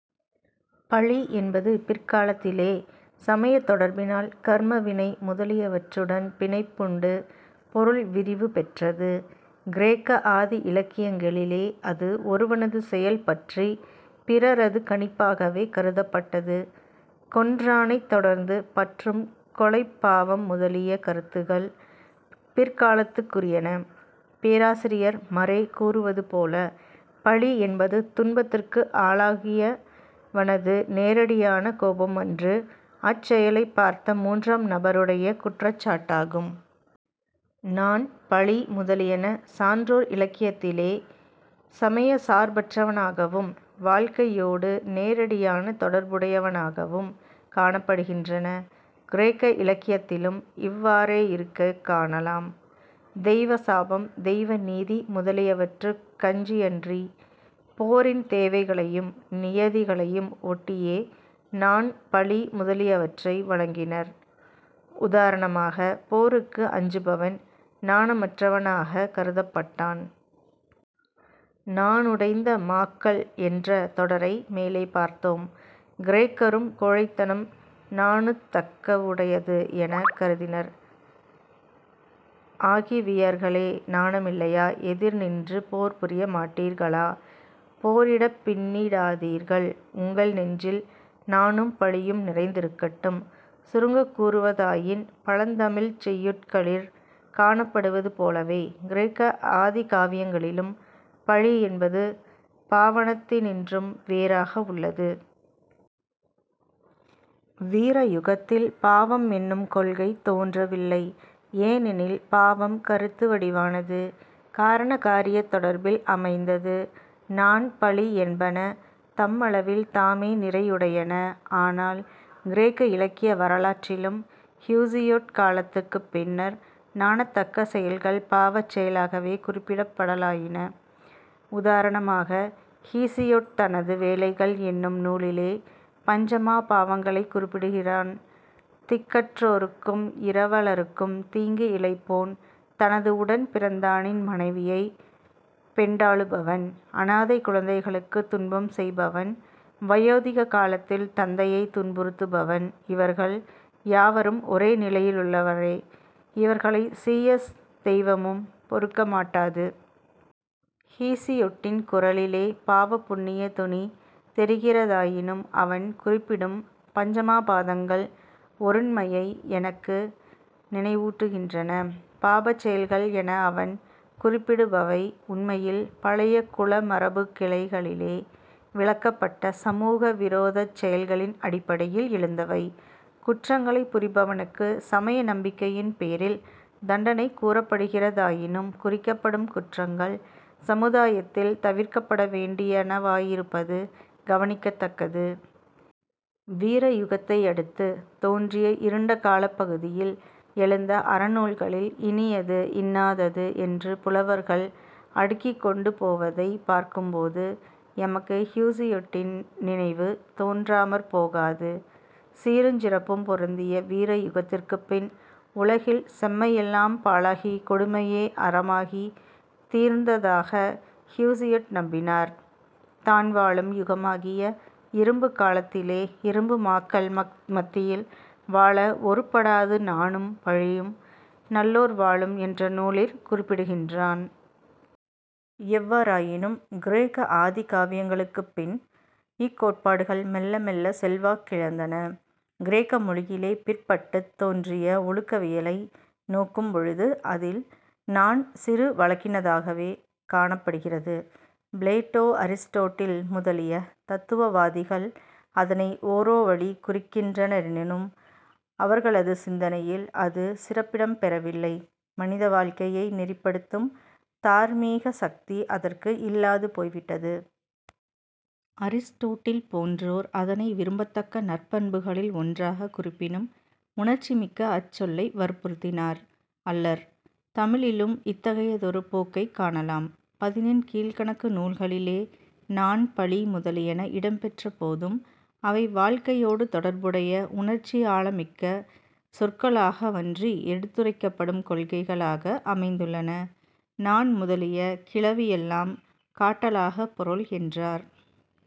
பழி என்பது பிற்காலத்திலே சமயத் தொடர்பினால், கர்ம வினை முதலியவற்றுடன் பிணைப்புண்டு பொருள் விரிவு பெற்றது. கிரேக்க ஆதி இலக்கியங்களிலே அது ஒருவனது செயல் பற்றிப் பிறரது கணிப்பாகவே கருதப்பட்டது. கொன்றானைத் தொடர்ந்து பற்றும் கொலைப் பாவம் முதலிய கருத்துகள் பிற்காலத்துக்குரியன. பேராசிரியர் மறே கூறுவது போல "பழி என்பது துன்பத்துக்கு ஆளாகியவனது நேரடியான கோபம் அன்று; அச்செயலைப் பார்த்த மூன்றாம் நபருடைய குற்றச் சாட்டாகும். " நாண், பழி முதலியன சான்றோர் இலக்கியத்திலே சமயச் சார்பற்றனவாகவும் வாழ்க்கையோடு நேரடியான தொடர்புடையனவாகவும் காணப்படுகின்றன. கிரேக்க இலக்கியத்திலும் இவ்வாறேயிருக்கக் காணலாம். தெய்வ சாபம், தெய்வ நீதி முதலியவற்றுக் கஞ்சியன்றி, போரின் தேவைகளையும் நியதிகளையும் ஒட்டியே நாண், பழி முதலியவற்றை வழங்கினர். உதாரணமாக, போருக்கு அஞ்சுபவன் நாணமற்றவனாகக் கருதப்பட்டான். 'நாணுடைந்த மாக்கள்' என்ற தொடரை மேலே பார்த்தோம். கிரேக்கரும் கோழைத்தனம் நாணுத்தகவுடையது எனக் கருதினர். "ஆகிவியர்களே நாணமில்லையா? எதிர் நின்று போர் புரிய மாட்டீர்களா? " "போரிடப் பின்னிடாதீர்கள் உங்கள் நெஞ்சில் நாணும் பழியும் நிறைந்திருக்கட்டும்" சுருங்கக் கூறுவதாயின், பழந்தமிழ்ச் செய்யுட்களிற் காணப்படுவதுபோலவே கிரேக்க ஆதிகாவியங்களிலும் பழி என்பது பாவனத்தினின்றும் வேறாக உள்ளது. வீரயுகத்தில் பாவம் என்னும் கொள்கை தோன்றவில்லை. ஏனெனில் பாவம் கருத்து வடிவானது; காரணகாரியத் தொடர்பில் அமைந்தது. நாண், பழி என்பன தம்மளவில் தாமே நிறையுடையன, ஆனால் கிரேக்க இலக்கிய வரலாற்றிலும் ஹீசியொட் காலத்துக்குப் பின்னர், நாணத்தக்க செயல்கள் பாவச் செயல்களாகவே குறிக்கப்படலாயின. உதாரணமாக ஹீசியொட் தனது வேலைகள் என்னும் நூலிலே பஞ்சமா பாவங்களைக் குறிப்பிடுகிறான்: "திக்கற்றோருக்கும் இரவலருக்கும் தீங்கு இழைப்போன்; தனது உடன் பிறந்தானின் மனைவியைப் பெண்டாளுபவன் " "அனாதைக் குழந்தைகளுக்குத் துன்பம் செய்பவன்;" "வயோதிக காலத்தில் தந்தையைத் துன்புறுத்துபவன்; இவர்கள் யாவரும் ஒரே நிலையிலுள்ளவரே, இவர்களைச் சீயஸ் தெய்வமும் பொறுக்கமாட்டாது. " ஹீசியொட்டின் குரலிலே பாவ, புண்ணிய தொனி தெரிகிறதாயினும், அவன் குறிப்பிடும் பஞ்சமா பாதங்கள் ஒருண்மையை எமக்கு நினைவூட்டுகின்றன. பாபச் செயல்கள் என அவன் குறிப்பிடுபவை, உண்மையில் பழைய குலமரபுக்கிளைகளிலே விலக்கப்பட்ட 'சமூக விரோத'ச் செயல்களின் அடிப்படையில் எழுந்தவை. குற்றங்களைப் புரிபவனுக்குச் சமய நம்பிக்கையின் பேரில் தண்டனை கூறப்படுகிறதாயினும், குறிக்கப்படும் குற்றங்கள் சமுதாயத்தில் தவிர்க்கப்பட வேண்டியனவாயிருப்பது கவனிக்கத் தக்கது. வீரயுகத்தையடுத்து தோன்றிய "இருண்ட காலப் பகுதி"யில் எழுந்த அறநூல்களில், இனியது, இன்னாதது என்று புலவர்கள் அடுக்கிக் கொண்டுபோவதைப் பார்க்கும்போது, எமக்கு ஹூசியொட்டின் நினைவு தோன்றாமற் போகாது. சீருஞ் சிறப்பும் பொருந்திய வீரயுகத்திற்குப் பின் உலகில் 'செம்மையெல்லாம் பாழாகிக் கொடுமையே அறமாகித் தீர்ந்த'தாக ஹீசியொட் நம்பினான். தான் வாழும் யுகமாகிய இரும்புக் காலத்திலே இரும்பு மாக்கள் மத்தியில் வாழ ஒருப்படாது நாணும் பழியும் நல்லோர் வாழும் என்ற நூலிற் குறிப்பிடுகின்றான். எவ்வாறாயினும் கிரேக்க ஆதிகாவியங்களுக்குப்பின் இக்கோட்பாடுகள் மெல்ல மெல்லச் செல்வாக்கிழந்தன. கிரேக்க மொழியிலே பிற்பட்டுத் தோன்றிய ஒழுக்கவியலை நோக்கும்பொழுது அதில் நாண் சிறு வழக்கினதாகவே காணப்படுகிறது. பிளேட்டோ, அரிஸ்டோட்டில் முதலிய தத்துவவாதிகள் அதனை ஒரோவழி குறிக்கின்றனரெனினும், அவர்களது சிந்தனையில் அது சிறப்பிடம் பெறவில்லை. மனிதவாழ்க்கையை நெறிப்படுத்தும் தார்மீக சக்தி அதற்கு இல்லாது போய்விட்டது. அரிஸ்டோட்டில் போன்றோர் அதனை விரும்பத்தக்க நற்பண்புகளில் ஒன்றாகக் குறிப்பினும், உணர்ச்சிமிக்க அச்சொல்லை வற்புறுத்தினார் அல்லர். தமிழிலும் இத்தகையதொரு போக்கைக் காணலாம். பதினெண் கீழ்க்கணக்கு நூல்களிலே நாண், பழி முதலியன இடம்பெற்றபோதும், அவை வாழ்க்கையோடு தொடர்புடைய உணர்ச்சி ஆழமிக்க சொற்களாகவன்றி எடுத்துரைக்கப்படும் கொள்கைகளாக அமைந்துள்ளன. நாண் முதலிய "கிளவியெல்லாம் காட்டலாகப் பொருள்" என்றார்